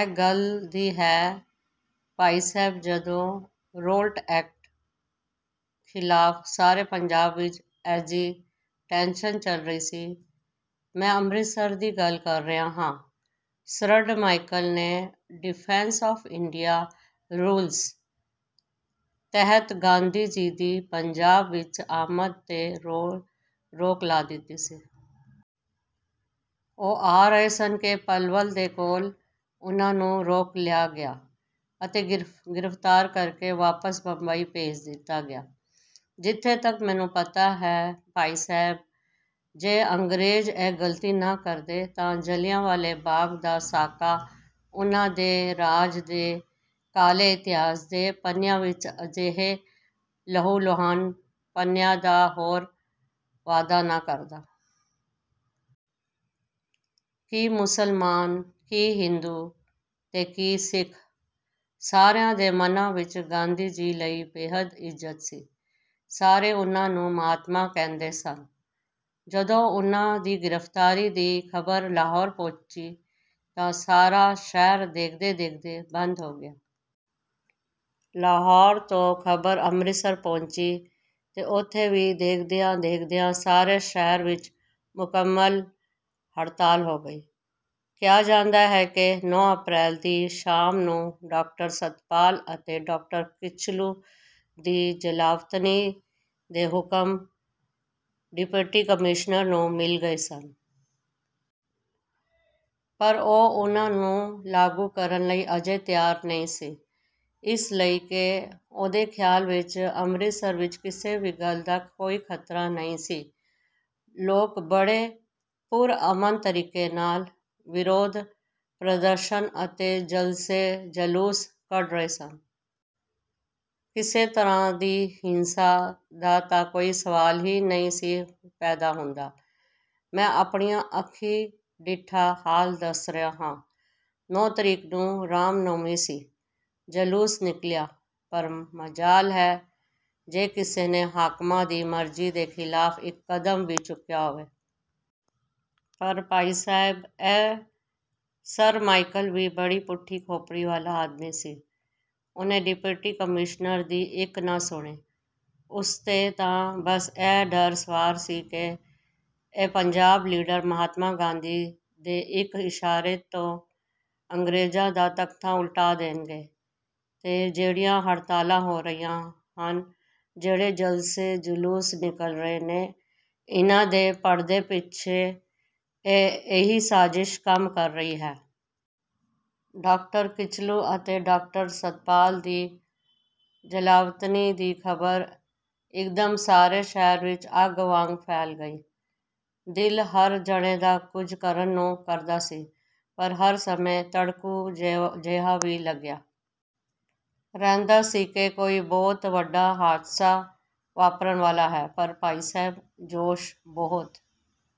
ਇਹ ਗੱਲ ਦੀ ਹੈ ਭਾਈ ਸਾਹਿਬ, ਜਦੋਂ ਰੋਲਟ ਐਕਟ ਖ਼ਿਲਾਫ਼ ਸਾਰੇ ਪੰਜਾਬ ਵਿੱਚ ਐਜੀਟੇਸ਼ਨ ਚੱਲ ਰਹੀ ਸੀ। ਮੈਂ ਅੰਮ੍ਰਿਤਸਰ ਦੀ ਗੱਲ ਕਰ ਰਿਹਾ ਹਾਂ। ਸਰਡ੍ਹ ਮਾਈਕਲ ਨੇ ਡਿਫੈਂਸ ਆਫ਼ ਇੰਡੀਆ ਰੂਲਜ਼ ਤਹਿਤ ਗਾਂਧੀ ਜੀ ਦੀ ਪੰਜਾਬ ਵਿੱਚ ਆਮਦ 'ਤੇ ਰੋਕ ਲਾ ਦਿੱਤੀ ਸੀ। ਉਹ ਆ ਰਹੇ ਸਨ ਕਿ ਪਲਵਲ ਦੇ ਕੋਲ ਉਨ੍ਹਾਂ ਨੂੰ ਰੋਕ ਲਿਆ ਗਿਆ ਅਤੇ ਗ੍ਰਿਫ਼ਤਾਰ ਕਰਕੇ ਵਾਪਸ ਬੰਬਈ ਭੇਜ ਦਿੱਤਾ ਗਿਆ। ਜਿੱਥੋਂ ਤੱਕ ਮੈਨੂੰ ਪਤਾ ਹੈ ਭਾਈ ਸਾਹਿਬ, ਜੇ ਅੰਗਰੇਜ਼ ਇਹ ਗ਼ਲਤੀ ਨਾ ਕਰਦੇ ਤਾਂ ਜਲ੍ਹਿਆਂ ਵਾਲੇ ਬਾਗ਼ ਦਾ ਸਾਕਾ ਉਨ੍ਹਾਂ ਦੇ ਰਾਜ ਦੇ ਕਾਲੇ ਇਤਿਹਾਸ ਦੇ ਪੰਨਿਆਂ ਵਿੱਚ ਅਜਿਹੇ ਲਹੂ-ਲੁਹਾਨ ਪੰਨਿਆਂ ਦਾ ਹੋਰ ਵਾਧਾ ਨਾ ਕਰਦਾ। ਕੀ ਮੁਸਲਮਾਨ, ਕੀ ਹਿੰਦੂ ਤੇ ਕੀ ਸਿੱਖ ਸਾਰਿਆਂ ਦੇ ਮਨਾਂ ਵਿੱਚ ਗਾਂਧੀ ਜੀ ਲਈ ਬੇਹੱਦ ਇੱਜ਼ਤ ਸੀ। ਸਾਰੇ ਉਨ੍ਹਾਂ ਨੂੰ ਮਹਾਤਮਾ ਕਹਿੰਦੇ ਸਨ। ਜਦੋਂ ਉਨ੍ਹਾਂ ਦੀ ਗ੍ਰਿਫ਼ਤਾਰੀ ਦੀ ਖ਼ਬਰ ਲਾਹੌਰ ਪਹੁੰਚੀ ਤਾਂ ਸਾਰਾ ਸ਼ਹਿਰ ਦੇਖਦੇ-ਦੇਖਦੇ ਬੰਦ ਹੋ ਗਿਆ। ਲਾਹੌਰ ਤੋਂ ਖ਼ਬਰ ਅੰਮ੍ਰਿਤਸਰ ਪਹੁੰਚੀ ਤੇ ਉੱਥੇ ਵੀ ਦੇਖਦਿਆਂ-ਦੇਖਦਿਆਂ ਸਾਰੇ ਸ਼ਹਿਰ ਵਿੱਚ ਮੁਕੰਮਲ ਹੜਤਾਲ ਹੋ ਗਈ। ਕਿਹਾ ਜਾਂਦਾ ਹੈ ਕਿ ਨੌਂ ਅਪ੍ਰੈਲ ਦੀ ਸ਼ਾਮ ਨੂੰ ਡਾਕਟਰ ਸੱਤਪਾਲ ਅਤੇ ਡਾਕਟਰ ਕਿਚਲੂ ਦੀ ਜਲਾਵਤਨੀ ਦੇ ਹੁਕਮ ਡਿਪਟੀ ਕਮਿਸ਼ਨਰ ਨੂੰ ਮਿਲ ਗਏ ਸਨ। ਪਰ ਉਹ ਉਨ੍ਹਾਂ ਨੂੰ ਲਾਗੂ ਕਰਨ ਲਈ ਅਜੇ ਤਿਆਰ ਨਹੀਂ ਸੀ। ਇਸ ਲਈ ਕਿ ਉਹਦੇ ਖਿਆਲ ਵਿੱਚ ਅੰਮ੍ਰਿਤਸਰ ਵਿੱਚ ਕਿਸੇ ਵੀ ਗੱਲ ਦਾ ਕੋਈ ਖ਼ਤਰਾ ਨਹੀਂ ਸੀ। ਲੋਕ ਬੜੇ ਪੁਰ-ਅਮਨ ਤਰੀਕੇ ਨਾਲ ਵਿਰੋਧ ਪ੍ਰਦਰਸ਼ਨ ਅਤੇ ਜਲਸੇ-ਜਲੂਸ ਕੱਢ ਰਹੇ ਸਨ। ਕਿਸੇ ਤਰ੍ਹਾਂ ਦੀ ਹਿੰਸਾ ਦਾ ਤਾਂ ਕੋਈ ਸਵਾਲ ਹੀ ਨਹੀਂ ਸੀ ਪੈਦਾ ਹੁੰਦਾ। ਮੈਂ ਆਪਣੀਆਂ ਅੱਖੀਂ ਡਿੱਠਾ ਹਾਲ ਦੱਸ ਰਿਹਾ ਹਾਂ। ਨੌਂ ਤਰੀਕ ਨੂੰ ਰਾਮਨੌਮੀ ਸੀ। ਜਲੂਸ ਨਿਕਲਿਆ ਪਰ ਮਜਾਲ ਹੈ ਜੇ ਕਿਸੇ ਨੇ ਹਾਕਮਾਂ ਦੀ ਮਰਜ਼ੀ ਦੇ ਖ਼ਿਲਾਫ਼ ਇੱਕ ਕਦਮ ਵੀ ਚੁੱਕਿਆ ਹੋਵੇ। ਪਰ ਭਾਈ ਸਾਹਿਬ ਇਹ ਸਰ ਮਾਈਕਲ ਵੀ ਬੜੀ ਪੁੱਠੀ ਖੋਪੜੀ ਵਾਲਾ ਆਦਮੀ ਸੀ। ਉਹਨੇ ਡਿਪਟੀ ਕਮਿਸ਼ਨਰ ਦੀ ਇੱਕ ਨਾ ਸੁਣੀ। ਉਸ 'ਤੇ ਤਾਂ ਬਸ ਇਹ ਡਰ ਸਵਾਰ ਸੀ ਕਿ ਇਹ ਪੰਜਾਬੀ ਲੀਡਰ ਮਹਾਤਮਾ ਗਾਂਧੀ ਦੇ ਇੱਕ ਇਸ਼ਾਰੇ 'ਤੇ ਅੰਗਰੇਜ਼ਾਂ ਦਾ ਤਖ਼ਤਾ ਉਲਟਾ ਦੇਣਗੇ ਤੇ ਜਿਹੜੀਆਂ ਹੜਤਾਲਾਂ ਹੋ ਰਹੀਆਂ ਹਨ, ਜਿਹੜੇ ਜਲਸੇ-ਜਲੂਸ ਨਿਕਲ ਰਹੇ ਨੇ, ਇਹਨਾਂ ਦੇ ਪਰਦੇ ਪਿੱਛੇ ਇਹੀ ਸਾਜ਼ਿਸ਼ ਕੰਮ ਕਰ ਰਹੀ ਹੈ। ਡਾਕਟਰ ਕਿਚਲੂ ਅਤੇ ਡਾਕਟਰ ਸੱਤਪਾਲ ਦੀ ਜਲਾਵਤਨੀ ਦੀ ਖ਼ਬਰ ਇੱਕਦਮ ਸਾਰੇ ਸ਼ਹਿਰ ਵਿੱਚ ਅੱਗ ਵਾਂਗ ਫੈਲ ਗਈ। ਦਿਲ ਹਰ ਜਣੇ ਦਾ ਕੁਝ ਕਰਨ ਨੂੰ ਕਰਦਾ ਸੀ ਪਰ ਹਰ ਸਮੇਂ ਧੜਕੂ ਜਿਹਾ ਵੀ ਲੱਗਿਆ ਰਹਿੰਦਾ ਸੀ ਕਿ ਕੋਈ ਬਹੁਤ ਵੱਡਾ ਹਾਦਸਾ ਵਾਪਰਨ ਵਾਲਾ ਹੈ, ਪਰ ਭਾਈ ਸਾਹਿਬ ਜੋਸ਼ ਬਹੁਤ